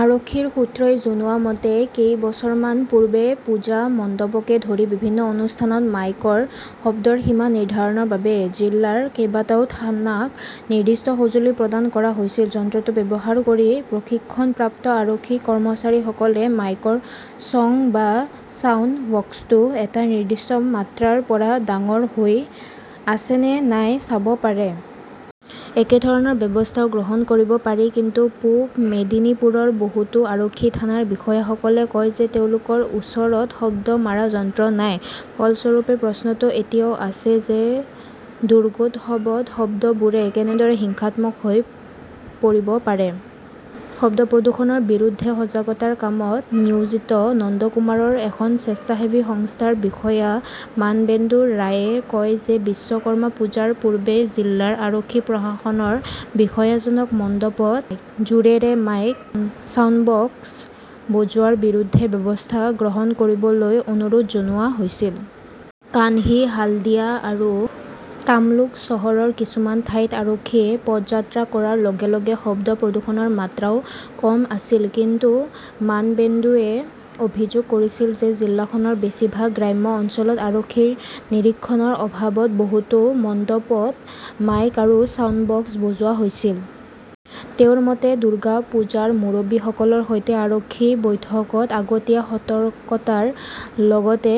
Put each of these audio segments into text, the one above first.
আৰক্ষীৰ সূত্ৰই জনোৱা মতে, কেইবছৰমান পূৰ্বে পূজা মণ্ডপকে ধৰি বিভিন্ন অনুষ্ঠানত মাইকৰ শব্দৰ সীমা নিৰ্ধাৰণৰ বাবে জিলাৰ কেইবাটাও থানাক নিৰ্দিষ্ট সঁজুলি প্ৰদান কৰা হৈছিল। যন্ত্ৰটো ব্যৱহাৰ কৰি প্ৰশিক্ষণপ্ৰাপ্ত আৰক্ষী-কৰ্মচাৰীসকলে মাইকৰ চঙ বা ছাউণ্ড-বক্সটো এটা নিৰ্দিষ্ট মাত্ৰাৰ পৰা ডাঙৰ হৈ আছে নে নাই চাব পাৰে। একেধৰণৰ ব্যৱস্থাও গ্ৰহণ কৰিব পাৰি। কিন্তু পূব মেদিনীপুৰৰ বহুতো আৰক্ষী থানাৰ বিষয়াসকলে কয় যে, তেওঁলোকৰ ওচৰত শব্দ মাৰা যন্ত্ৰ নাই। ফলস্বৰূপে প্ৰশ্নটো এতিয়াও আছে যে, দুৰ্গোৎসৱত শব্দবোৰে কেনেদৰে হিংসাত্মক হৈ পৰিব পাৰে? শব্দ প্ৰদূষণৰ বিৰুদ্ধে সজাগতাৰ কামত নিয়োজিত নন্দকুমাৰৰ এখন স্বেচ্ছাসেৱী সংস্থাৰ বিষয়া মানবেন্দু ৰয়ে কয় যে, বিশ্বকৰ্মা পূজাৰ পূৰ্বে জিলাৰ আৰক্ষী-প্ৰশাসনৰ বিষয়াজনক মণ্ডপত জোৰেৰে মাইক, ছাউণ্ডবক্স বজোৱাৰ বিৰুদ্ধে ব্যৱস্থা গ্ৰহণ কৰিবলৈ অনুৰোধ জনোৱা হৈছিল। কান্থী, হালদিয়া আৰু তাম্লুক চহৰৰ কিছুমান ঠাইত আৰক্ষীয়ে পদযাত্ৰা কৰাৰ লগে লগে শব্দ প্ৰদূষণৰ মাত্ৰাও কম আছিল। কিন্তু মানবেন্দুৱে অভিযোগ কৰিছিল যে, জিলাখনৰ বেছিভাগ গ্ৰাম্য অঞ্চলত আৰক্ষীৰ নিৰীক্ষণৰ অভাৱত বহুতো মণ্ডপত মাইক আৰু ছাউণ্ড-বক্স বজোৱা হৈছিল। তেওঁৰ মতে, "দুৰ্গা পূজাৰ মুৰব্বীসকলৰ সৈতে আৰক্ষী-বৈঠকত আগতীয়া সতৰ্কতাৰ লগতে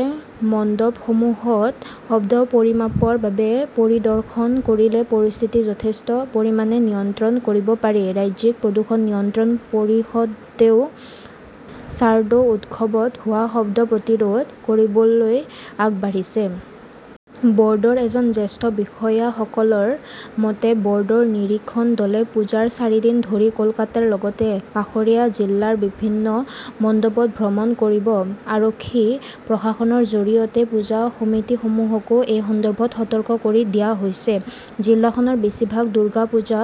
মণ্ডপসমূহত শব্দ পৰিমাপৰ বাবে পৰিদৰ্শন কৰিলে পৰিস্থিতি যথেষ্ট পৰিমাণে নিয়ন্ত্ৰণ কৰিব পাৰি"। ৰাজ্যিক প্ৰদূষণ নিয়ন্ত্ৰণ পৰিষদেও চাৰ্ডো উৎসৱত হোৱা শব্দ প্ৰতিৰোধ কৰিবলৈ আগবাঢ়িছে। বৰ্ডৰ এজন জ্যেষ্ঠ বিষয়াসকলৰ মতে, বৰ্ডৰ নিৰীক্ষণ দলে পূজাৰ চাৰিদিন ধৰি কলকাতাৰ লগতে কাষৰীয়া জিলাৰ বিভিন্ন মণ্ডপত ভ্ৰমণ কৰিব। আৰক্ষী-প্ৰশাসনৰ জৰিয়তে পূজা সমিতিসমূহকো এই সন্দৰ্ভত সতৰ্ক কৰি দিয়া হৈছে। জিলাখনৰ বেছিভাগ দুৰ্গা পূজা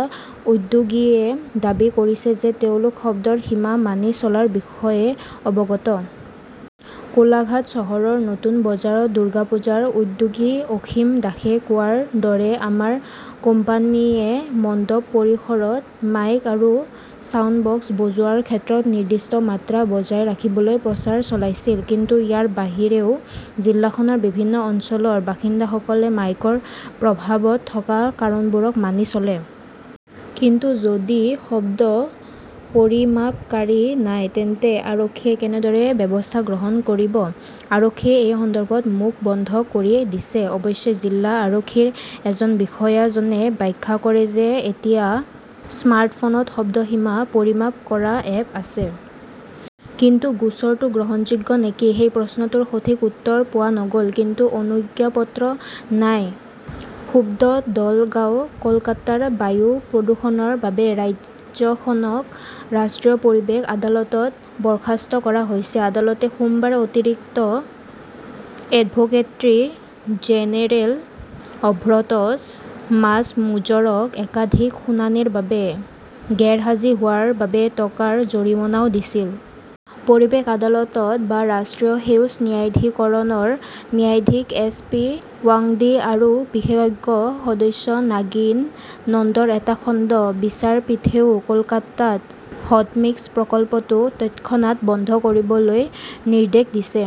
উদ্যোগীয়ে দাবী কৰিছে যে, তেওঁলোক শব্দৰ সীমা মানি চলাৰ বিষয়ে অৱগত। কোলাঘাট চহৰৰ নতুন বজাৰত দুৰ্গা পূজাৰ উদ্যোগী অসীম দাসে কোৱাৰ দৰে, "আমাৰ কোম্পানীয়ে মণ্ডপ পৰিসৰত মাইক আৰু ছাউণ্ড-বক্স বজোৱাৰ ক্ষেত্ৰত নিৰ্দিষ্ট মাত্ৰা বজাই ৰাখিবলৈ প্ৰচাৰ চলাইছিল"। কিন্তু ইয়াৰ বাহিৰেও, জিলাখনৰ বিভিন্ন অঞ্চলৰ বাসিন্দাসকলে মাইকৰ প্ৰভাৱত থকা কাৰণবোৰক মানি চলে। কিন্তু যদি শব্দ পৰিমাপকাৰী নাই, তেন্তে আৰক্ষীয়ে কেনেদৰে ব্যৱস্থা গ্ৰহণ কৰিব? আৰক্ষীয়ে এই সন্দৰ্ভত মুখ বন্ধ কৰি দিছে। অৱশ্যে, জিলা আৰক্ষীৰ এজন বিষয়াজনে ব্যাখ্যা কৰে যে, এতিয়া স্মাৰ্টফোনত শব্দ সীমা পৰিমাপ কৰা এপ আছে। কিন্তু গোচৰটো গ্ৰহণযোগ্য নেকি, সেই প্ৰশ্নটোৰ সঠিক উত্তৰ পোৱা নগল। কোনো অনুজ্ঞাপত্ৰ নাই, ক্ষুব্ধ দলগাঁও কলকাতাৰ বায়ু প্ৰদূষণৰ বাবে ৰাজ্যখনক ৰাষ্ট্ৰীয় পৰিৱেশ আদালতত বৰ্খাস্ত কৰা হৈছে। আদালতে সোমবাৰে অতিৰিক্ত এডভোকেট্ৰী জেনেৰেল অভ্ৰতছ মাজ্মুজ্জৰক একাধিক শুনানিৰ বাবে গেৰহাজী হোৱাৰ বাবে টকাৰ জৰিমনাও দিছিল। পৰিৱেশ আদালত বা ৰাষ্ট্ৰীয় সেউজ ন্যায়াধিকৰণৰ ন্যায়াধীশ এছ পি ৱাংদী আৰু বিশেষজ্ঞ সদস্য নাগিন নন্দৰ এটা খণ্ড বিচাৰপীঠেও কলকাতাত 'হট মিক্স "প্ৰকল্পটো তৎক্ষণাত বন্ধ কৰিবলৈ নিৰ্দেশ দিছে।